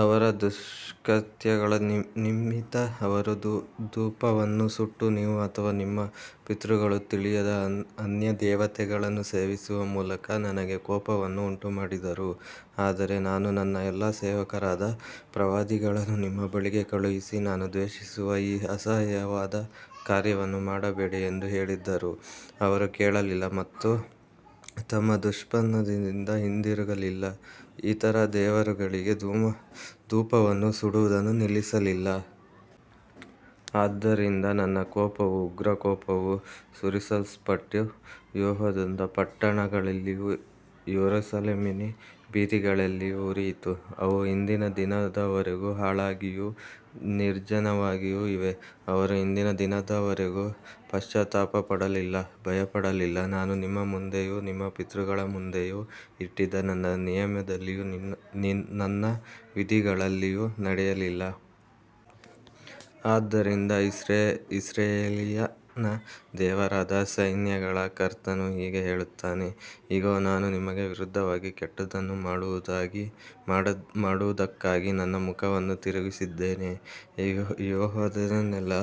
ಅವರ ದುಷ್ಕೃತ್ಯಗಳ ನಿಮಿತ್ತ ಅವರು ಧೂಪವನ್ನು ಸುಟ್ಟು, ನೀವು ಅಥವಾ ನಿಮ್ಮ ಪಿತೃಗಳು ತಿಳಿಯದ ಅನ್ಯದೇವತೆಗಳನ್ನು ಸೇವಿಸುವ ಮೂಲಕ ನನಗೆ ಕೋಪವನ್ನು ಉಂಟುಮಾಡಿದರು. ಆದರೆ ನಾನು ನನ್ನ ಎಲ್ಲಾ ಸೇವಕರಾದ ಪ್ರವಾದಿಗಳನ್ನು ನಿಮ್ಮ ಬಳಿಗೆ ಕಳುಹಿಸಿ, ನಾನು ದ್ವೇಷಿಸುವ ಈ ಅಸಹ್ಯವಾದ ಕಾರ್ಯವನ್ನು ಮಾಡಬೇಡಿ ಎಂದು ಹೇಳಿದ್ದರೂ ಅವರು ಕೇಳಲಿಲ್ಲ ಮತ್ತು ತಮ್ಮ ದುಷ್ಟತನದಿಂದ ಹಿಂದಿರುಗಲಿಲ್ಲ, ಇತರ ದೇವರುಗಳಿಗೆ ಧೂಪವನ್ನು ಸುಡುವುದನ್ನು ನಿಲ್ಲಿಸಲಿಲ್ಲ. ಆದ್ದರಿಂದ ನನ್ನ ಕೋಪವೂ ಉಗ್ರಕೋಪವೂ ಸುರಿಸಲ್ಪಟ್ಟು, ಯೆಹೂದದ ಪಟ್ಟಣಗಳಲ್ಲಿಯೂ ಯೆರೂಸಲೇಮಿನ ಬೀದಿಗಳಲ್ಲಿಯೂ ಉರಿಯಿತು, ಅವು ಇಂದಿನ ದಿನದವರೆಗೂ ಹಾಳಾಗಿಯೂ ನಿರ್ಜನವಾಗಿಯೂ ಇವೆ. ಅವರು ಇಂದಿನ ದಿನದವರೆಗೂ ಪಶ್ಚಾತ್ತಾಪಪಡಲಿಲ್ಲ, ಭಯಪಡಲಿಲ್ಲ, ನಾನು ನಿಮ್ಮ ಮುಂದೆಯೂ ನಿಮ್ಮ ಪಿತೃಗಳ ಮುಂದೆಯೂ ಇಟ್ಟಿದ್ದ ನನ್ನ ನಿಯಮದಲ್ಲಿಯೂ ನನ್ನ ವಿಧಿಗಳಲ್ಲಿಯೂ ನಡೆಯಲಿಲ್ಲ. ಆದ್ದರಿಂದ ಇಸ್ರಾಯೇಲಿನ ದೇವರಾದ ಸೈನ್ಯಗಳ ಕರ್ತನು ಹೀಗೆ ಹೇಳುತ್ತಾನೆ, ಇಗೋ, ನಾನು ನಿಮಗೆ ವಿರುದ್ಧವಾಗಿ ಕೆಟ್ಟದ್ದನ್ನು ಮಾಡುವುದಕ್ಕಾಗಿ ನನ್ನ ಮುಖವನ್ನು ತಿರುಗಿಸಿದ್ದೇನೆ, ಯೆಹೂದವನ್ನೆಲ್ಲಾ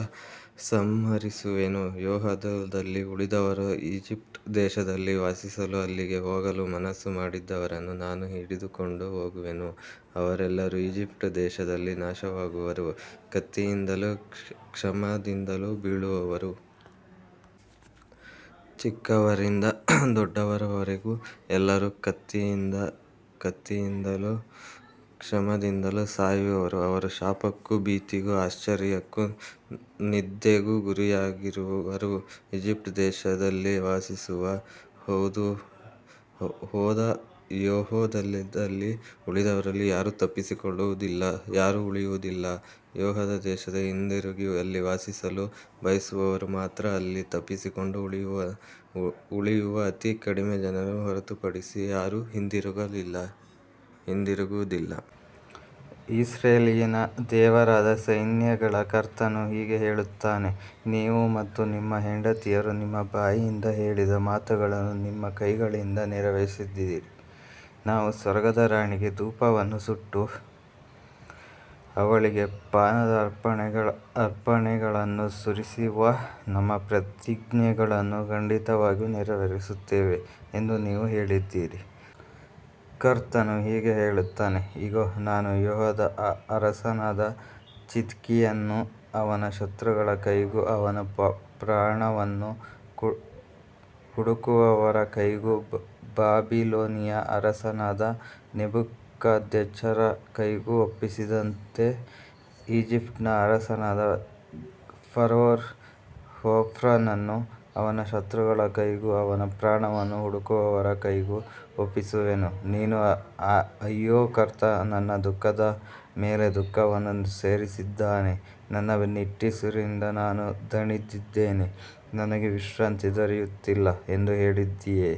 ಸಂಹರಿಸುವೆನು. ಯೆಹೂದದಲ್ಲಿ ಉಳಿದವರನ್ನು, ಈಜಿಪ್ಟ್ ದೇಶದಲ್ಲಿ ವಾಸಿಸಲು ಅಲ್ಲಿಗೆ ಹೋಗಲು ಮನಸ್ಸು ಮಾಡಿದವರನ್ನು, ನಾನು ಹಿಡಿದುಕೊಂಡು ಹೋಗುವೆನು, ಅವರೆಲ್ಲರೂ ಈಜಿಪ್ಟ್ ದೇಶದಲ್ಲಿ ನಾಶವಾಗುವರು, ಕತ್ತಿಯಿಂದಲೂ ಕ್ಷಾಮದಿಂದಲೂ ಬೀಳುವರು. ಚಿಕ್ಕವರಿಂದ ದೊಡ್ಡವರವರೆಗೆ ಎಲ್ಲರೂ ಕತ್ತಿಯಿಂದಲೂ ಕ್ಷಾಮದಿಂದಲೂ ಸಾಯುವರು, ಅವರು ಶಾಪಕ್ಕೂ ಭೀತಿಗೂ ಆಶ್ಚರ್ಯಕ್ಕೂ ನಿಂದೆಗೂ ಗುರಿಯಾಗುವರು. ಈಜಿಪ್ಟ್ ದೇಶದಲ್ಲಿ ವಾಸಿಸಲು ಹೋದ ಯೆಹೂದದಲ್ಲಿ ಉಳಿದವರಲ್ಲಿ ಯಾರೂ ತಪ್ಪಿಸಿಕೊಳ್ಳುವುದಿಲ್ಲ, ಯಾರೂ ಉಳಿಯುವುದಿಲ್ಲ, ಯೆಹೂದ ದೇಶಕ್ಕೆ ಹಿಂದಿರುಗಿ ಅಲ್ಲಿ ವಾಸಿಸಲು ಬಯಸುವವರು ಮಾತ್ರ, ಅಲ್ಲಿ ತಪ್ಪಿಸಿಕೊಂಡು ಉಳಿಯುವ ಅತಿ ಕಡಿಮೆ ಜನರನ್ನು ಹೊರತುಪಡಿಸಿ ಯಾರೂ ಹಿಂದಿರುಗುವುದಿಲ್ಲ. ಇಸ್ರಾಯೇಲಿನ ದೇವರಾದ ಸೈನ್ಯಗಳ ಕರ್ತನು ಹೀಗೆ ಹೇಳುತ್ತಾನೆ, ನೀವು ಮತ್ತು ನಿಮ್ಮ ಹೆಂಡತಿಯರು ನಿಮ್ಮ ಬಾಯಿಂದ ಹೇಳಿದ ಮಾತುಗಳನ್ನು ನಿಮ್ಮ ಕೈಗಳಿಂದ ನೆರವೇರಿಸಿದ್ದೀರಿ, ನಾವು ಸ್ವರ್ಗದ ರಾಣಿಗೆ ಧೂಪವನ್ನು ಸುಟ್ಟು, ಅವಳಿಗೆ ಪಾನದ ಅರ್ಪಣೆಗಳನ್ನು ಸುರಿಸುವ ನಮ್ಮ ಪ್ರತಿಜ್ಞೆಗಳನ್ನು ಖಂಡಿತವಾಗಿ ನೆರವೇರಿಸುತ್ತೇವೆ ಎಂದು ನೀವು ಹೇಳಿದ್ದೀರಿ. ಕರ್ತನು ಹೀಗೆ ಹೇಳುತ್ತಾನೆ, ಇಗೋ, ನಾನು ಯೆಹೂದದ ಅರಸನಾದ ಚಿದ್ಕೀಯನನ್ನು ಅವನ ಶತ್ರುಗಳ ಕೈಗೂ ಅವನ ಪ್ರಾಣವನ್ನು ಹುಡುಕುವವರ ಕೈಗೂ, ಬಾಬಿಲೋನಿನ ಅರಸನಾದ ನೆಬೂಕದ್ನೆಚ್ಚರನ ಕೈಗೂ ಒಪ್ಪಿಸಿದಂತೆಯೇ, ಈಜಿಪ್ಟಿನ ಅರಸನಾದ ಫರೋಹ್ ಹೋಫ್ರನನ್ನೂ ಅವನ ಶತ್ರುಗಳ ಕೈಗೂ ಅವನ ಪ್ರಾಣವನ್ನು ಹುಡುಕುವವರ ಕೈಗೂ ಒಪ್ಪಿಸುವೆನು. ನೀನು, ಅಯ್ಯೋ, ಕರ್ತನು ನನ್ನ ದುಃಖದ ಮೇಲೆ ದುಃಖವನ್ನು ಸೇರಿಸಿದ್ದಾನೆ, ನನ್ನ ನಿಟ್ಟುಸಿರಿನಿಂದ ನಾನು ದಣಿದಿದ್ದೇನೆ, ನನಗೆ ವಿಶ್ರಾಂತಿ ದೊರೆಯುತ್ತಿಲ್ಲ ಎಂದು ಹೇಳಿದ್ದೀಯೆ.